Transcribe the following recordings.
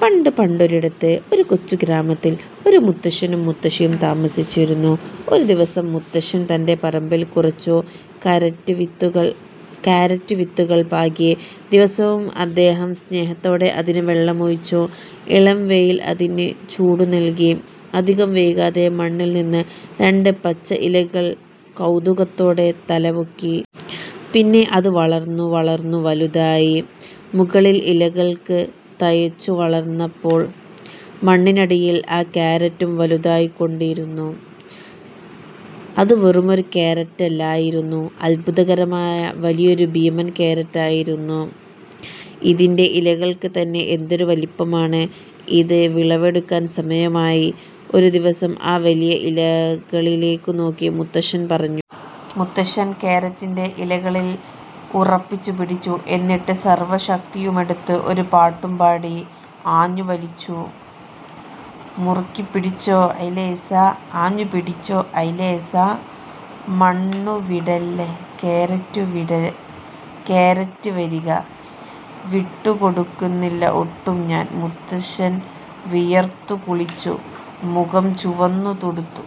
പണ്ട് പണ്ടൊരിടത്ത്, ഒരു കൊച്ചു ഗ്രാമത്തിൽ ഒരു മുത്തശ്ശനും മുത്തശ്ശിയും താമസിച്ചിരുന്നു. ഒരുദിവസം, മുത്തശ്ശൻ തന്റെ പറമ്പിൽ കുറച്ചു കാരറ്റ് വിത്തുകൾ പാകി. ദിവസവും അദ്ദേഹം സ്നേഹത്തോടെ അതിന് വെള്ളമൊഴിച്ചു. ഇളം വെയിൽ അതിന് ചൂടുനൽകി. അധികം വൈകാതെ, മണ്ണിൽ നിന്ന് രണ്ട് പച്ച ഇലകൾ കൗതുകത്തോടെ തലപൊക്കി. പിന്നെ അത് വളർന്നു… വളർന്നു… വലുതായി! മുകളിൽ ഇലകൾ തഴച്ചു വളർന്നപ്പോൾ, മണ്ണിനടിയിൽ ആ കാരറ്റും വലുതായിക്കൊണ്ടിരുന്നു. അത് വെറുമൊരു കാരറ്റല്ലായിരുന്നു, അത്ഭുതകരമായ വലിയൊരു ഭീമൻ കാരറ്റായിരുന്നു! "ഇതിന്റെ ഇലകൾക്ക് തന്നെ എന്തൊരു വലിപ്പമാണ്! ഇത് വിളവെടുക്കാൻ സമയമായി. " ഒരു ദിവസം ആ വലിയ ഇലകളിലേക്ക് നോക്കി മുത്തശ്ശൻ പറഞ്ഞു. മുത്തശ്ശൻ കാരറ്റിന്റെ ഇലകളിൽ ഉറപ്പിച്ചു പിടിച്ചു. എന്നിട്ട് സർവ്വ ശക്തിയുമെടുത്ത് ഒരു പാട്ടും പാടി ആഞ്ഞു വലിച്ചു. മുറുക്കി പിടിച്ചേ… ഹൈലേസാ! ആഞ്ഞു വലിച്ചേ… ഹൈലേസാ! മണ്ണു വിടില്ല, കാരറ്റ് വരില്ല, വിട്ടു കൊടുക്കില്ല ഒട്ടും ഞാൻ! മുത്തശ്ശൻ വിയർത്തു കുളിച്ചു, മുഖം ചുവന്നു തുടുത്തു.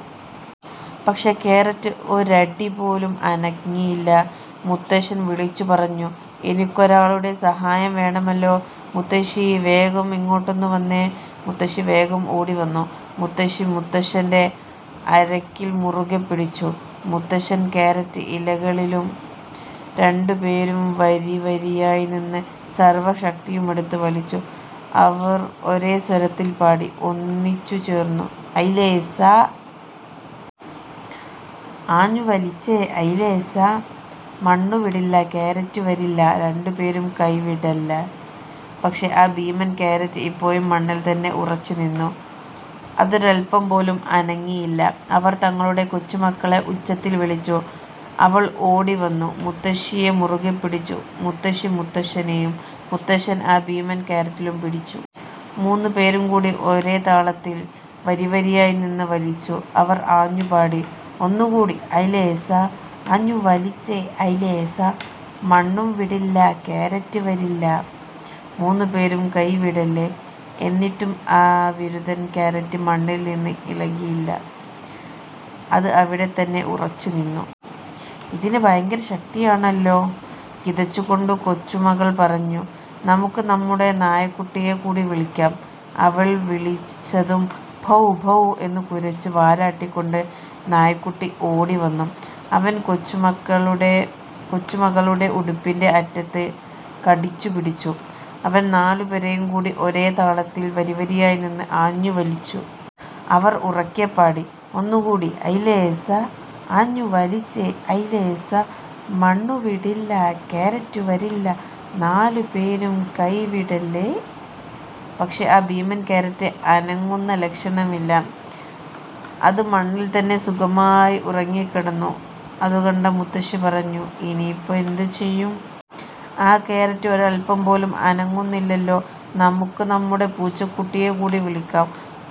പക്ഷേ കാരറ്റ് ഒരടി പോലും അനങ്ങിയില്ല! മുത്തശ്ശൻ വിളിച്ചു പറഞ്ഞു, "എനിക്കൊരാളുടെ സഹായം വേണമല്ലോ! മുത്തശ്ശീ… വേഗം ഇങ്ങോട്ടൊന്നു വന്നേ! " മുത്തശ്ശി വേഗം ഓടിവന്നു. മുത്തശ്ശി മുത്തശ്ശന്റെ അരയിൽ മുറുകെപ്പിടിച്ചു, മുത്തശ്ശൻ കാരറ്റ് ഇലകളിലും. രണ്ടുപേരും വരിവരിയായി നിന്ന് സർവ്വ ശക്തിയുമെടുത്ത് വലിച്ചു. അവർ ഒരേ സ്വരത്തിൽ പാടി: ഒന്നു ചേർന്നു… ഹൈലേസാ! ആഞ്ഞു വലിച്ചേ… ഹൈലേസാ! മണ്ണു വിടില്ല, കാരറ്റ് വരില്ല, രണ്ടുപേരും കൈ വിടല്ലേ! " പക്ഷേ, ആ ഭീമൻ കാരറ്റ് ഇപ്പോഴും മണ്ണിൽ തന്നെ ഉറച്ചുനിന്നു. അത് ഒരല്പം പോലും അനങ്ങിയില്ല. അവർ തങ്ങളുടെ കൊച്ചുമകളെ ഉച്ചത്തിൽ വിളിച്ചു. അവൾ ഓടിവന്നു മുത്തശ്ശിയെ മുറുകെപ്പിടിച്ചു. മുത്തശ്ശി മുത്തശ്ശനെയും, മുത്തശ്ശൻ ആ ഭീമൻ കാരറ്റിലും പിടിച്ചു. മൂന്നുപേരും കൂടി ഒരേ താളത്തിൽ വരിവരിയായി നിന്ന് വലിച്ചു! അവർ ആഞ്ഞു പാടി: ഒന്നുകൂടി… ഹൈലേസാ! ആഞ്ഞു വലിച്ചേ… ഹൈലേസാ! മണ്ണു വിടില്ല, കാരറ്റ് വരില്ല, മൂന്നുപേരും കൈ വിടല്ലേ! " എന്നിട്ടും ആ വിരുതൻ കാരറ്റ് മണ്ണിൽ നിന്ന് ഇളകിയില്ല. അത് അവിടെ തന്നെ ഉറച്ചുനിന്നു. "ഇതിന് ഭയങ്കര ശക്തിയാണല്ലോ! " കിതച്ചുകൊണ്ട് കൊച്ചുമകൾ പറഞ്ഞു. "നമുക്ക് നമ്മുടെ നായക്കുട്ടിയെ കൂടി വിളിക്കാം. " അവൾ വിളിച്ചതും, "ഭൗ ഭൗ" എന്ന് കുരച്ച് വാലാട്ടിക്കൊണ്ട് നായക്കുട്ടി ഓടിവന്നു. അവൻ കൊച്ചുമകളുടെ ഉടുപ്പിന്റെ അറ്റത്ത് കടിച്ചുപിടിച്ചു. അവർ നാലുപേരും കൂടി ഒരേ താളത്തിൽ വരിവരിയായി നിന്ന് ആഞ്ഞു വലിച്ചു. അവർ ഉറക്കെ പാടി: ഒന്നുകൂടി… ഹൈലേസാ! ആഞ്ഞു വലിച്ചേ… ഹൈലേസാ! മണ്ണു വിടില്ല, കാരറ്റ് വരില്ല, നാലുപേരും കൈ വിടല്ലേ! " പക്ഷേ, ആ ഭീമൻ കാരറ്റ് അനങ്ങുന്ന ലക്ഷണമില്ല! അത് മണ്ണിൽ തന്നെ സുഖമായി ഉറങ്ങിക്കിടന്നു. ഇതുകണ്ട മുത്തശ്ശി പറഞ്ഞു "ഇനിയിപ്പോ എന്ത് ചെയ്യും? ഈ കാരറ്റ് ഒരല്പം പോലും അനങ്ങുന്നില്ലല്ലോ! നമുക്ക് നമ്മുടെ പൂച്ചക്കുട്ടിയെ കൂടി വിളിക്കാം.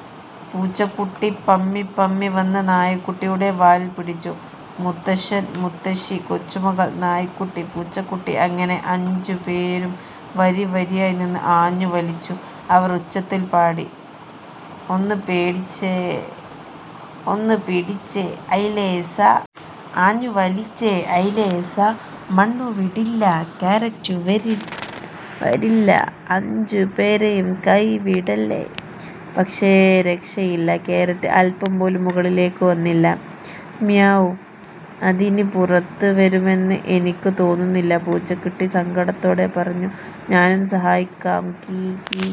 " പൂച്ചക്കുട്ടി പമ്മിപ്പമ്മി വന്ന് നായക്കുട്ടിയുടെ വാലിൽ പിടിച്ചു. മുത്തശ്ശൻ, മുത്തശ്ശി, കൊച്ചുമകൾ, നായക്കുട്ടി, പൂച്ചക്കുട്ടി അങ്ങനെ അഞ്ചുപേരും വരിവരിയായി നിന്ന് ആഞ്ഞു വലിച്ചു. അവർ ഉച്ചത്തിൽ പാടി ഒന്ന് പിടിച്ചേ… ഹൈലേസാ! ആഞ്ഞു വലിച്ചേ… ഹൈലേസാ! മണ്ണു വിടില്ല, കാരറ്റ് വരില്ല, അഞ്ചുപേരും കൈ വിടല്ലേ! " പക്ഷേ രക്ഷയില്ല! കാരറ്റ് അല്പം പോലും മുകളിലേക്ക് വന്നില്ല. "മ്യാവൂ… ഇതിനി പുറത്തുവരുമെന്ന് എനിക്ക് തോന്നുന്നില്ല," പൂച്ചക്കുട്ടി സങ്കടത്തോടെ പറഞ്ഞു ഞാനും സഹായിക്കാം! കീ… കീ…!